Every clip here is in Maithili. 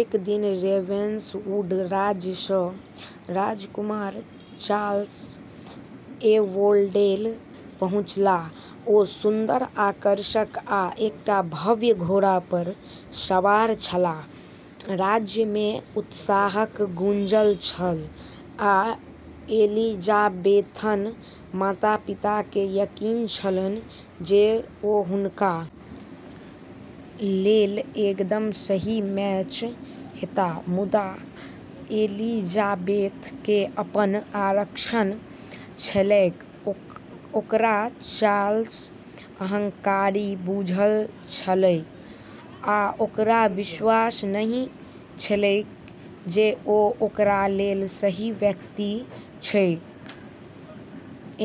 एक दिन रेवेन्सवुड राज्य सं राजकुमार चार्ल्स एवोन्डेल पहुंचलाह ओ सुन्दर, आकर्षक आ एकटा भव्य घोड़ा पर सवार छलाह, राज्य मे उत्साहक गूँजल छल आ एलिजाबेथक माता-पिता केँ यकीन छलनि जे ओ हुनका लेल एकदम सही मैच हेताह मुदा एलिजाबेथ के अपन आरक्षण छलैक ओकरा चार्ल्स अहंकारी बुझल छलैक आ ओकरा विश्वास नहि छलैक जे ओ ओकरा लेल सही व्यक्ति छैक,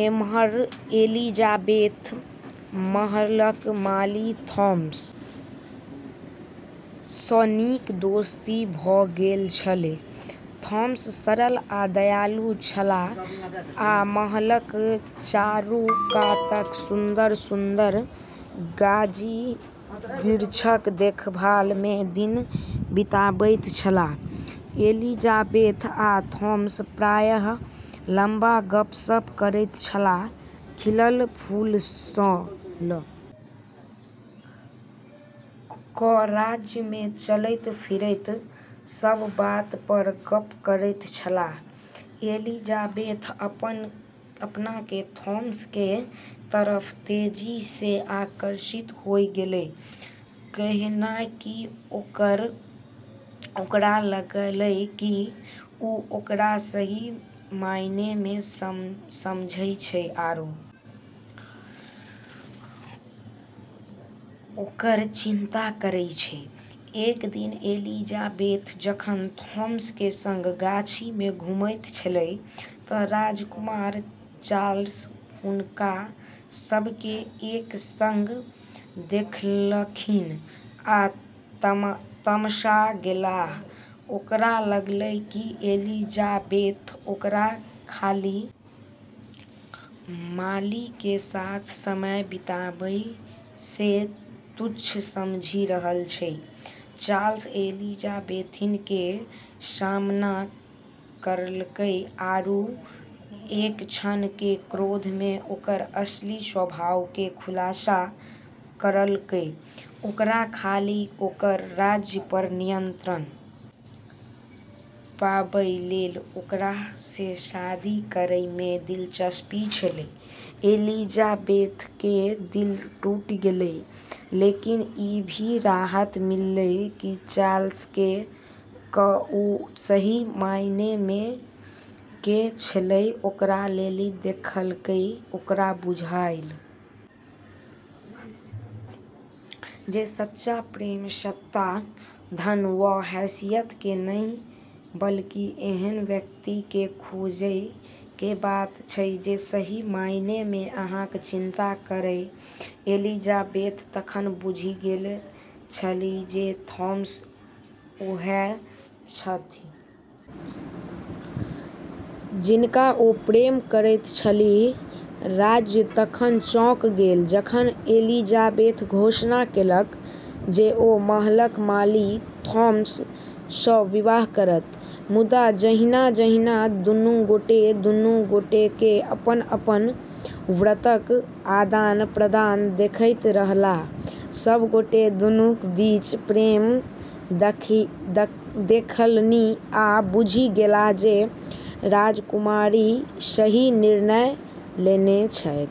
एम्हर एलिजाबेथ महलक माली थॉमस सँ नीक दोस्ती भ गेल छलीह, थॉमस सरल आ दयालु छलाह आ महलक चारूकातक सुन्दर-सुन्दर गाछी-बिरछीक देखभाल मे दिन बिताबैत छलाह, एलिजाबेथ आ थॉमस प्रायः लंबा गप्प-सप्प करैत छलाह, खिलल फूल सँ ल क राज्य मे चलैत-फिरैत सब बात पर गप्प करैत छलाह, एलिजाबेथ अपना के थॉमस के तरफ तेजी सें आकर्षित होय गेलै, कैन्हेंकि ओकरा लागलै कि उ ओकरा सही मायने में समझै छै आरो ओकरऽ चिंता करै छै, एक दिन एलिजाबेथ जखन थॉमस के संग गाछी में घुमैत छलीह त राजकुमार चार्ल्स हुनका सब के एक संग देखलखिन आ तमसा गेलाह ओकरा लागलै कि एलिजाबेथ ओकरा खाली माली के साथ समय बिताबै सें तुच्छ समझी रहलऽ छै, चार्ल्स एलिजाबेथ के सामना करलकै आरू एक क्षण के क्रोध में ओकरऽ असली स्वभाव के खुलासा करलकै ओकरा खाली ओकरऽ राज्य पर नियंत्रण पाबै लेली ओकरा सें शादी करै में दिलचस्पी छेलै, एलिजाबेथ के दिल टूटी गेलै, लेकिन ई भी राहत मिललै कि चार्ल्स क उ सही मायने मे के छेलै ओकरा लेली देखलकै ओकरा बुझायल जे सच्चा प्रेम सत्ता, धन वा हैसियत के नहि बल्कि एहन व्यक्ति के खोजय के बात छै जे सही मायने में अहाँक चिंता करय, एलिजाबेथ तखन बुझि गेल छलीह जे थॉमस ओएह छथि जिनका ओ प्रेम करैत छलीह, राज्य तखन चौंक गेल जखन एलिजाबेथ घोषणा केलक जे ओ महलक माली थॉमस सँ विवाह करत, मुदा जहिना-जहिना दुनू गोटे दुनू गोटेकेँ अपन-अपन व्रतक आदान-प्रदान देखैत रहलाह, सभ गोटे दुनूक बीचक प्रेम देखलनि आ बुझि गेलाह जे राजकुमारी सही निर्णय लेने छथि।